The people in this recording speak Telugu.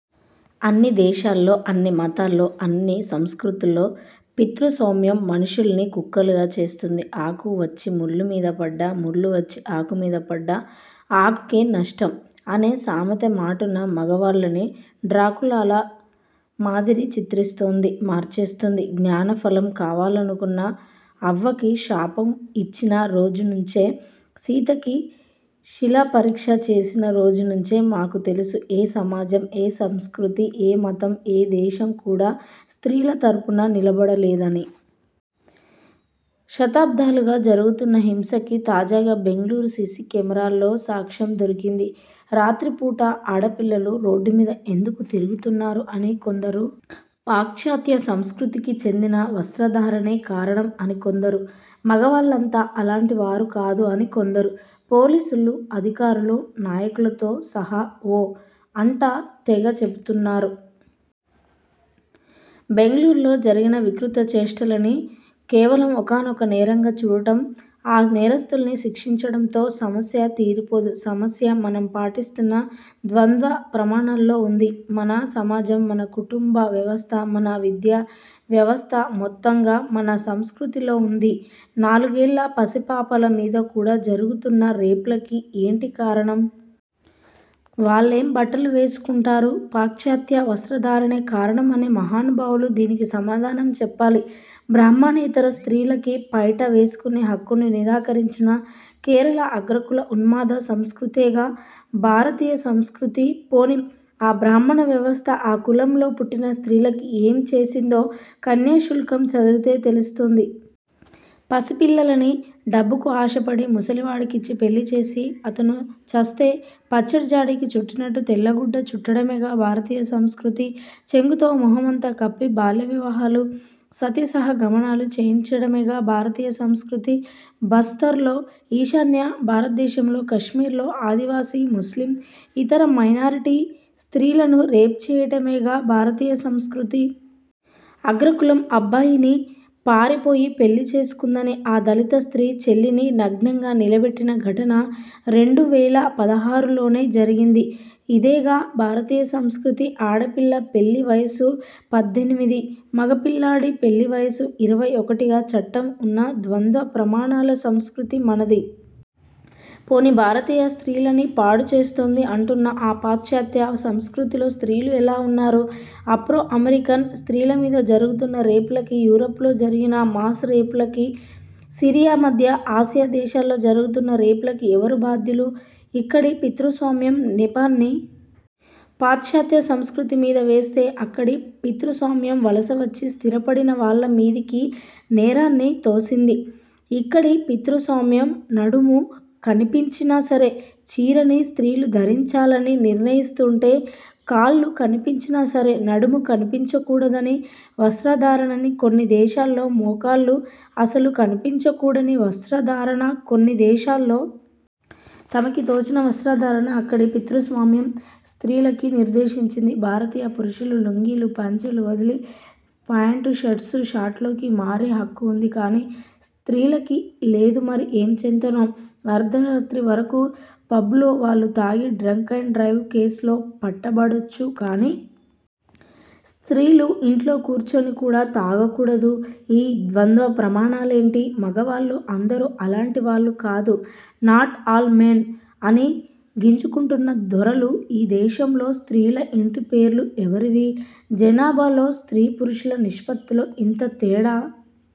అన్నీ దేశాల్లో, అన్నీ మతాల్లో, అన్నీ సంస్కృతుల్లో పితృస్వామ్యం మనుషుల్ని కుక్కలుగా చేస్తుంది. ఆకు వచ్చి ముల్లు మీద పడ్డా, ముల్లు వచ్చి ఆకు మీద పడ్డా ఆకుకే నష్టం' అనే సామెత మాటున మగవాళ్ళని డ్రాకులాల మాదిరి చిత్రిస్తోంది. మార్చేస్తోంది. 'జ్ఞానఫలం' కావాలనుకున్న అవ్వకి శాపం ఇచ్చిన రోజు నుంచే సీతకి శీల పరీక్ష చేసిన రోజు నుంచే మాకు తెలుసు ఏ సమాజం, ఏ సంస్కృతి, ఏ మతం, ఏ దేశం కూడా స్త్రీల తరపున నిలబడలేదని. శతాబ్దాలుగా జరుగుతున్న హింసకి, తాజాగా బెంగుళూరు సీసీ కెమెరాల్లో సాక్ష్యం దొరికింది. 'రాత్రి పూట ఆడపిల్లలు రోడ్డు మీద ఎందుకు తిరుగుతున్నారు? ' అని కొందరు, 'పాశ్చాత్య సంస్కృతికి చెందిన వస్త్రధారణే కారణం' అని కొందరు, 'మగవాళ్ళంతా అలాంటి వారు కాదు' అని కొందరు.. పోలీసు లు అధికారులు, నాయకులతో సహా 'ఓ' అంటా తెగ చెబుతున్నారు. బెంగుళూరులో జరిగిన వికృత చేష్టలని కేవలం 'ఒకానొక నేరం'గా చూడటం, ఆ నేరస్థుల్ని శిక్షించటంతో.. సమస్య తీరిపోదు. సమస్య మనం పాటిస్తున్న ద్వంద్వ ప్రమాణాల్లో ఉంది. మన సమాజం, మన కుటుంబ వ్యవస్థ, మన విద్యా వ్యవస్థ.. మొత్తంగా మన 'సంస్కృతి'లో ఉంది. నాలుగేళ్ల పసిపాపల మీద కూడా జరుగుతున్న రేప్లకి ఏంటి కారణం? వాళ్లేం బట్టలు వేసుకుంటారు? పాశ్చాత్య వస్త్ర ధారణే కారణం అనే మహానుభావులు దీనికి సమాధానం చెప్పాలి. బ్రాహ్మణేతర స్త్రీలకి పైట వేసుకునే హక్కును నిరాకరించిన కేరళ అగ్రకుల ఉన్మాద సంస్కృతేగా.. భారతీయ సంస్కృతి. పోనీ ఆ బ్రాహ్మణ వ్యవస్థ ఆ కులంలో పుట్టిన స్త్రీలకి ఏం చేసిందో 'కన్యాశుల్కం' చదివితే, తెలుస్తుంది. పసిపిల్లని డబ్బుకు ఆశపడి, ముసలి వాడికిచ్చి పెళ్లిచేసి, అతను చస్తే.. పచ్చడి జాడికి చుట్టినట్టు తెల్ల గుడ్డ చుట్టటమేగా.. భారతీయ సంస్కృతి. చెంగుతో మొహమంతా కప్పి.. బాల్యవివాహాలు, సతీ సహగమనాలు చేయించటమేగా.. భారతీయ సంస్కృతి. బస్తర్లో, ఈశాన్య భారతదేశంలో, కాశ్మీర్లో.. ఆదివాసీ, ముస్లిం, ఇతర మైనారిటీ స్త్రీలని రేప్ చేయటమేగా భారతీయ సంస్కృతి. అగ్రకులం అబ్బాయిని పారిపోయి పెళ్లి చేసుకుందని, ఆ దళిత స్త్రీ చెల్లిని నగ్నంగా నిలబెట్టిన ఘటన.. రెండు వేల పదహారులోనే జరిగింది. ఇదేగా భారతీయ సంస్కృతి. ఆడపిల్ల పెళ్లి వయసు పద్దెనిమిది, మగపిల్లాడి పెళ్లి వయసు ఇరవై ఒకటిగా చట్టం ఉన్న ద్వంద్వ ప్రమాణాల సంస్కృతి మనది. పోనీ భారతీయ స్త్రీలని పాడు చేస్తోంది అంటున్న.. ఆ పాశ్చాత్య సంస్కృతిలో స్త్రీలు ఎలా ఉన్నారు? ఆఫ్రో- అమెరికన్ స్త్రీల మీద జరుగుతున్న రేప్లకి, యూరప్లో జరిగిన మాస్ రేప్లకి, సిరియా, మధ్య ఆసియా దేశాల్లో జరుగుతున్న రేప్లకి ఎవరు బాధ్యులు? 'ఇక్కడి' పితృస్వామ్యం నెపాన్ని.. పాశ్చాత్య సంస్కృతి మీద వేస్తే, 'అక్కడి' పితృస్వామ్యం వలసవచ్చి స్థిరపడిన వాళ్ళ మీదకి నేరాన్ని తోసింది. ఇక్కడి పితృస్వామ్యం నడుము కనిపించినా సరే, చీరని స్త్రీలు ధరించాలని నిర్ణయిస్తుంటే.. కాళ్ళు కనిపించినా సరే, నడుము కనిపించకూడని వస్త్రధారణని కొన్ని దేశాల్లో, మోకాళ్ళు అసలు కనిపించకూడని వస్త్రధారణ కొన్ని దేశాల్లో.. తమకి తోచిన వస్త్రధారణ అక్కడి పితృస్వామ్యం స్త్రీలకి నిర్దేశించింది. భారతీయ పురుషులు లుంగీలు, పంచెలు వదిలి.. ఫాంట్, షర్ట్లు, షార్ట్స్లోకి మారే హక్కు ఉంది కానీ.. స్త్రీలకి లేదు మరి ఎంచేతనో? అర్ధరాత్రి వరకు పబ్లలో వాళ్ళు తాగి, డ్రంక్ అండ్ డ్రైవ్ కేస్లో పట్టుబడొచ్చు కానీ.. స్త్రీలు ఇంట్లో కూర్చొని కూడా తాగకూడదు. ఈ ద్వంద్వ ప్రమాణాలేంటి? మగవాళ్ళు అందరూ అలాంటి వాళ్ళు కాదు, 'నాట్ అల్ మెన్' అని గింజుకుంటున్న దొరలూ.. ఈ దేశంలో స్త్రీల ఇంటి పేర్లు ఎవరివి? జనాభాలో స్త్రీ పురుషుల నిష్పత్తిలో ఇంత తేడా